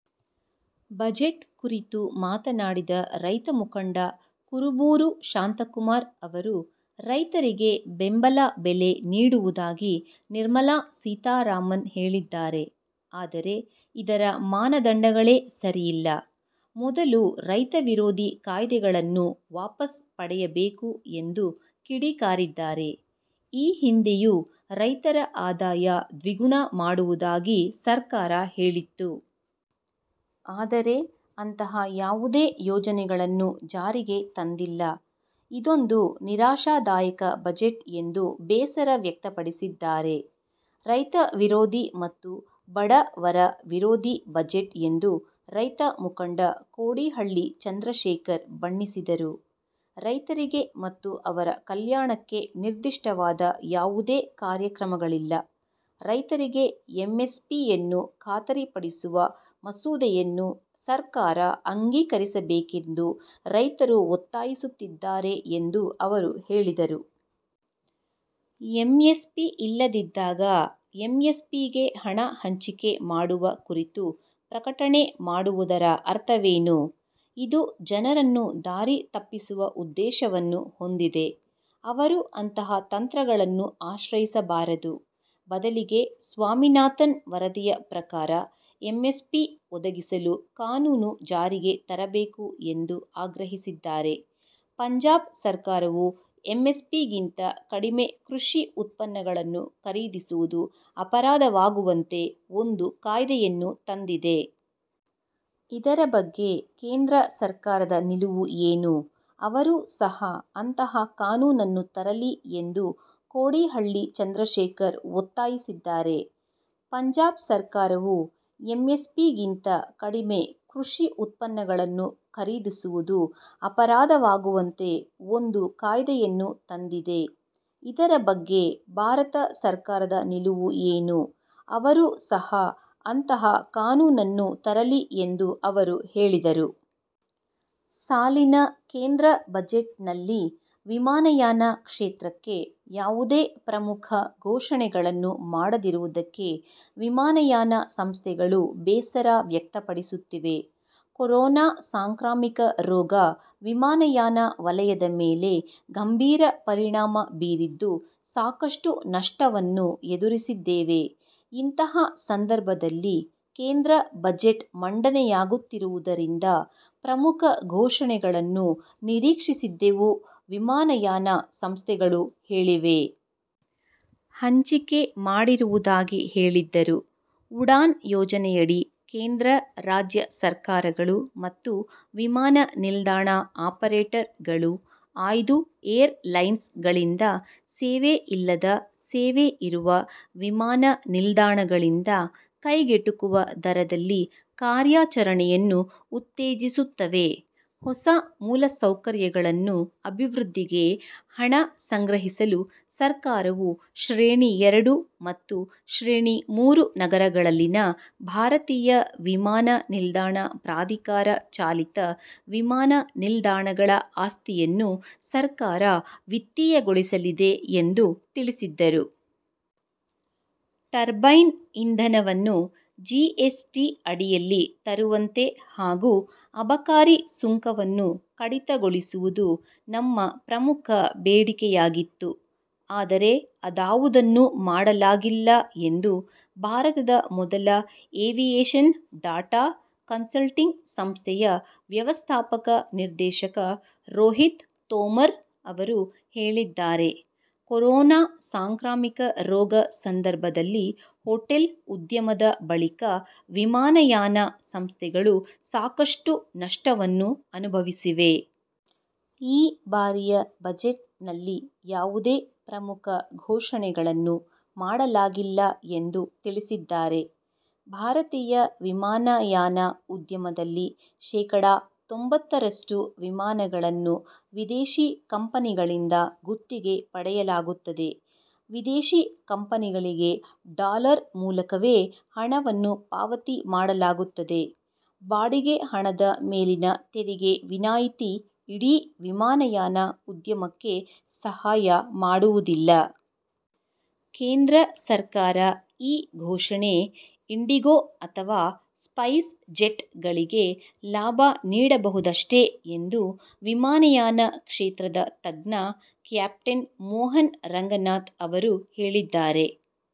Budget ಕುರಿತು ಮಾತನಾಡಿದ ರೈತಮುಖಂಡ ಕುರುಬೂರು ಶಾಂತಕುಮಾರ್ ಅವರು, ರೈತರಿಗೆ ಬೆಂಬಲ ಬೆಲೆ ನೀಡುವುದಾಗಿ ನಿರ್ಮಲಾ ಸೀತಾರಾಮನ್ ಹೇಳಿದ್ದಾರೆ. ಆದರೆ, ಇದರ ಮಾನದಂಡಗಳೇ ಸರಿಯಿಲ್ಲ. ಮೊದಲು ರೈತ ವಿರೋಧಿ ಕಾಯ್ದೆಗಳನ್ನು ವಾಪಸ್ಸ್ ಪಡೆಯಬೇಕು ಎಂದು ಕಿಡಿಕಾರಿದ್ದಾರೆ. ಈ ಹಿಂದೆಯೂ ರೈತರ ಆದಾಯ ದ್ವಿಗುಣ ಮಾಡುವುದಾಗಿ ಸರ್ಕಾರ ಹೇಳಿತ್ತು. ಆದರೆ, ಅಂತಹ ಯಾವುದೇ ಯೋಜನೆಗಳನ್ನು ಜಾರಿಗೆ ತಂದಿಲ್ಲ. ಇದೊಂದು ನಿರಾಶಾದಾಯಕ ಬಜೆಟ್ ಎಂದು ಬೇಸರವ್ಯಕ್ತಪಡಿಸಿದ್ದಾರೆ. ರೈತ ವಿರೋಧಿ ಮತ್ತು ಬಡ ವರ ವಿರೋಧಿ ಬಜೆಟ್ ಎಂದು ರೈತ ಮುಖಂಡ ಕೋಡಿಹಳ್ಳಿ ಚಂದ್ರಶೇಖರ್ ಬಣ್ಣಿಸಿದರು. ರೈತರಿಗೆ ಮತ್ತು ಅವರ ಕಲ್ಯಾಣಕ್ಕೆ ನಿರ್ದಿಷ್ಟವಾದ ಯಾವುದೇ ಕಾರ್ಯಕ್ರಮಗಳಿಲ್ಲ, ರೈತರಿಗೆ ಎಂಎಸ್ಪಿಯನ್ನು ಖಾತರಿಪಡಿಸುವ ಮಸೂದೆಯನ್ನು ಸರ್ಕಾರ ಅಂಗೀಕರಿಸಬೇಕೆಂದು ರೈತರು ಒತ್ತಾಯಿಸುತ್ತಿದ್ದಾರೆ ಎಂದು ಅವರು ಹೇಳಿದರು. ಎಂಎಸ್ಪಿ ಇಲ್ಲದಿದ್ದಾಗ, ಎಂಎಸ್ಪಿಗೆ ಹಣ ಹಂಚಿಕೆ ಮಾಡುವ ಕುರಿತು ಪ್ರಕಟಣೆ ಮಾಡುವುದರ ಅರ್ಥವೇನು? ಇದು ಜನರನ್ನು ದಾರಿ ತಪ್ಪಿಸುವ ಉದ್ದೇಶವನ್ನು ಹೊಂದಿದೆ. ಅವರು ಅಂತಹ ತಂತ್ರಗಳನ್ನು ಆಶ್ರಯಿಸಬಾರದು. ಬದಲಿಗೆ ಸ್ವಾಮಿನಾಥನ್ ವರದಿಯ ಪ್ರಕಾರ ಎಂಎಸ್ಪಿ ಒದಗಿಸಲು ಕಾನೂನು ಜಾರಿಗೆ ತರಬೇಕು ಎಂದು ಆಗ್ರಹಿಸಿದ್ದಾರೆ. ಪಂಜಾಬ್ ಸರ್ಕಾರವು ಎಂಎಸ್ಪಿಗಿಂತ ಕಡಿಮೆ ಕೃಷಿ ಉತ್ಪನ್ನಗಳನ್ನು ಖರೀದಿಸುವುದು ಅಪರಾಧವಾಗುವಂತೆ ಒಂದು ಕಾಯ್ದೆಯನ್ನು ತಂದಿದೆ. ಇದರ ಬಗ್ಗೆ ಕೇಂದ್ರ ಸರ್ಕಾರದ ನಿಲುವು ಏನು? ಅವರೂ ಸಹ ಅಂತಹ ಕಾನೂನನ್ನು ತರಲಿ ಎಂದು ಕೋಡಿಹಳ್ಳಿ ಚಂದ್ರಶೇಖರ್ ಒತ್ತಾಯಿಸಿದ್ದಾರೆ. ಪಂಜಾಬ್ ಸರ್ಕಾರವು ಎಂಎಸ್ಪಿಗಿಂತ ಕಡಿಮೆ ಕೃಷಿ ಉತ್ಪನ್ನಗಳನ್ನು ಖರೀದಿಸುವುದು ಅಪರಾಧವಾಗುವಂತೆ ಒಂದು ಕಾಯ್ದೆಯನ್ನು ತಂದಿದೆ. ಇದರ ಬಗ್ಗೆ ಭಾರತ ಸರ್ಕಾರದ ನಿಲುವು ಏನು? ಅವರೂ ಸಹ ಅಂತಹ ಕಾನೂನನ್ನು ತರಲಿ ಎಂದು ಅವರು ಹೇಳಿದರು. ಸಾಲಿನ ಕೇಂದ್ರ ಬಜೆಟ್ ನಲ್ಲಿ ವಿಮಾನಯಾನ ಕ್ಷೇತ್ರಕ್ಕೆ ಯಾವುದೇ ಪ್ರಮುಖ ಘೋಷಣೆಗಳನ್ನು ಮಾಡದಿರುವುದಕ್ಕೆ ವಿಮಾನಯಾನ ಸಂಸ್ಥೆಗಳು ಬೇಸರ ವ್ಯಕ್ತಪಡಿಸುತ್ತಿವೆ. ಕೊರೋನಾ ಸಾಂಕ್ರಾಮಿಕ ರೋಗ ವಿಮಾನಯಾನ ವಲಯದ ಮೇಲೆ ಗಂಭೀರ ಪರಿಣಾಮ ಬೀರಿದ್ದು, ಸಾಕಷ್ಟು ನಷ್ಟವನ್ನು ಎದುರಿಸಿದ್ದೇವೆ. ಇಂತಹ ಸಂದರ್ಭದಲ್ಲಿ ಕೇಂದ್ರ ಬಜೆಟ್ ಮಂಡನೆಯಾಗುತ್ತಿರುವುದರಿಂದ ಪ್ರಮುಖ ಘೋಷಣೆಗಳನ್ನು ನಿರೀಕ್ಷಿಸಿದ್ದೆವು ವಿಮಾನಯಾನ ಸಂಸ್ಥೆಗಳು ಹೇಳಿವೆ. ಹಂಚಿಕೆ ಮಾಡಿರುವುದಾಗಿ ಹೇಳಿದ್ದರು. ಉಡಾನ್ ಯೋಜನೆಯಡಿ, ಕೇಂದ್ರ, ರಾಜ್ಯ ಸರ್ಕಾರಗಳು ಮತ್ತು ವಿಮಾನ ನಿಲ್ದಾಣ ಆಪರೇಟರ್ ಗಳು ಆಯ್ದು ಏರ್ ಲೈನ್ಸ್ ಗಳಿಂದ ಸೇವೆ ಇಲ್ಲದ ಸೇವೆ ಇರುವ ವಿಮಾನ ನಿಲ್ದಾಣಗಳಿಂದ ಕೈಗೆಟುಕುವ ದರದಲ್ಲಿ ಕಾರ್ಯಾಚರಣೆಯನ್ನು ಉತ್ತೇಜಿಸುತ್ತವೆ. ಹೊಸ ಮೂಲಸೌಕರ್ಯಗಳನ್ನು ಅಭಿವೃದ್ಧಿಗೆ ಹಣ ಸಂಗ್ರಹಿಸಲು ಸರ್ಕಾರವು ಶ್ರೇಣಿ ಎರಡು ಮತ್ತು ಶ್ರೇಣಿ ಮೂರು ನಗರಗಳಲ್ಲಿನ ಭಾರತೀಯ ವಿಮಾನ ನಿಲ್ದಾಣ ಪ್ರಾಧಿಕಾರ ಚಾಲಿತ ವಿಮಾನ ನಿಲ್ದಾಣಗಳ ಆಸ್ತಿಯನ್ನು ಸರ್ಕಾರ ವಿತ್ತೀಯಗೊಳಿಸಲಿದೆ ಎಂದು ತಿಳಿಸಿದ್ದರು. ಟರ್ಬೈನ್ ಇಂಧನವನ್ನು ಜಿಎಸ್ ಟಿ ಅಡಿಯಲ್ಲಿ ತರುವಂತೆ ಹಾಗೂ ಅಬಕಾರಿ ಸುಂಕವನ್ನು ಕಡಿತಗೊಳಿಸುವುದು ನಮ್ಮ ಪ್ರಮುಖ ಬೇಡಿಕೆಯಾಗಿತ್ತು. ಆದರೆ, ಅದಾವುದನ್ನೂ ಮಾಡಲಾಗಿಲ್ಲ ಎಂದು ಭಾರತದ ಮೊದಲ ಏವಿಯೇಷನ್ ಡಾಟಾ ಕನ್ಸಲ್ಟಿಂಗ್ ಸಂಸ್ಥೆಯ ವ್ಯವಸ್ಥಾಪಕ ನಿರ್ದೇಶಕ ರೋಹಿತ್ ತೋಮರ್ ಅವರು ಹೇಳಿದ್ದಾರೆ. ಕೊರೋನಾ ಸಾಂಕ್ರಾಮಿಕ ರೋಗ ಸಂದರ್ಭದಲ್ಲಿ ಹೋಟೆಲ್ ಉದ್ಯಮದ ಬಳಿಕ ವಿಮಾನಯಾನ ಸಂಸ್ಥೆಗಳು ಸಾಕಷ್ಟು ನಷ್ಟವನ್ನು ಅನುಭವಿಸಿವೆ. ಈ ಬಾರಿಯ ಬಜೆಟ್ ನಲ್ಲಿ ಯಾವುದೇ ಪ್ರಮುಖ ಘೋಷಣೆಗಳನ್ನು ಮಾಡಲಾಗಿಲ್ಲ ಎಂದು ತಿಳಿಸಿದ್ದಾರೆ. ಭಾರತೀಯ ವಿಮಾನಯಾನ ಉದ್ಯಮದಲ್ಲಿ ಶೇಕಡಾ ತೊಂಬತ್ತರಷ್ಟು ವಿಮಾನಗಳನ್ನು ವಿದೇಶಿ ಕಂಪನಿಗಳಿಂದ ಗುತ್ತಿಗೆ ಪಡೆಯಲಾಗುತ್ತದೆ. ವಿದೇಶಿ ಕಂಪನಿಗಳಿಗೆ ಡಾಲರ್ ಮೂಲಕವೇ ಹಣವನ್ನು ಪಾವತಿ ಮಾಡಲಾಗುತ್ತದೆ. ಬಾಡಿಗೆ ಹಣದ ಮೇಲಿನ ತೆರಿಗೆ ವಿನಾಯಿತಿ ಇಡೀ ವಿಮಾನಯಾನ ಉದ್ಯಮಕ್ಕೆ ಸಹಾಯ ಮಾಡುವುದಿಲ್ಲ. ಕೇಂದ್ರ ಸರ್ಕಾರ ಈ ಘೋಷಣೆ ಇಂಡಿಗೋ ಅಥವಾ ಸ್ಪೈಸ್ ಜೆಟ್ ಗಳಿಗೆ ಲಾಭ ನೀಡಬಹುದಷ್ಟೇ ಎಂದು ವಿಮಾನಯಾನ ಕ್ಷೇತ್ರದ ತಜ್ಞ ಕ್ಯಾಪ್ಟೆನ್ ಮೋಹನ್ ರಂಗನಾಥ್ ಅವರು ಹೇಳಿದ್ದಾರೆ.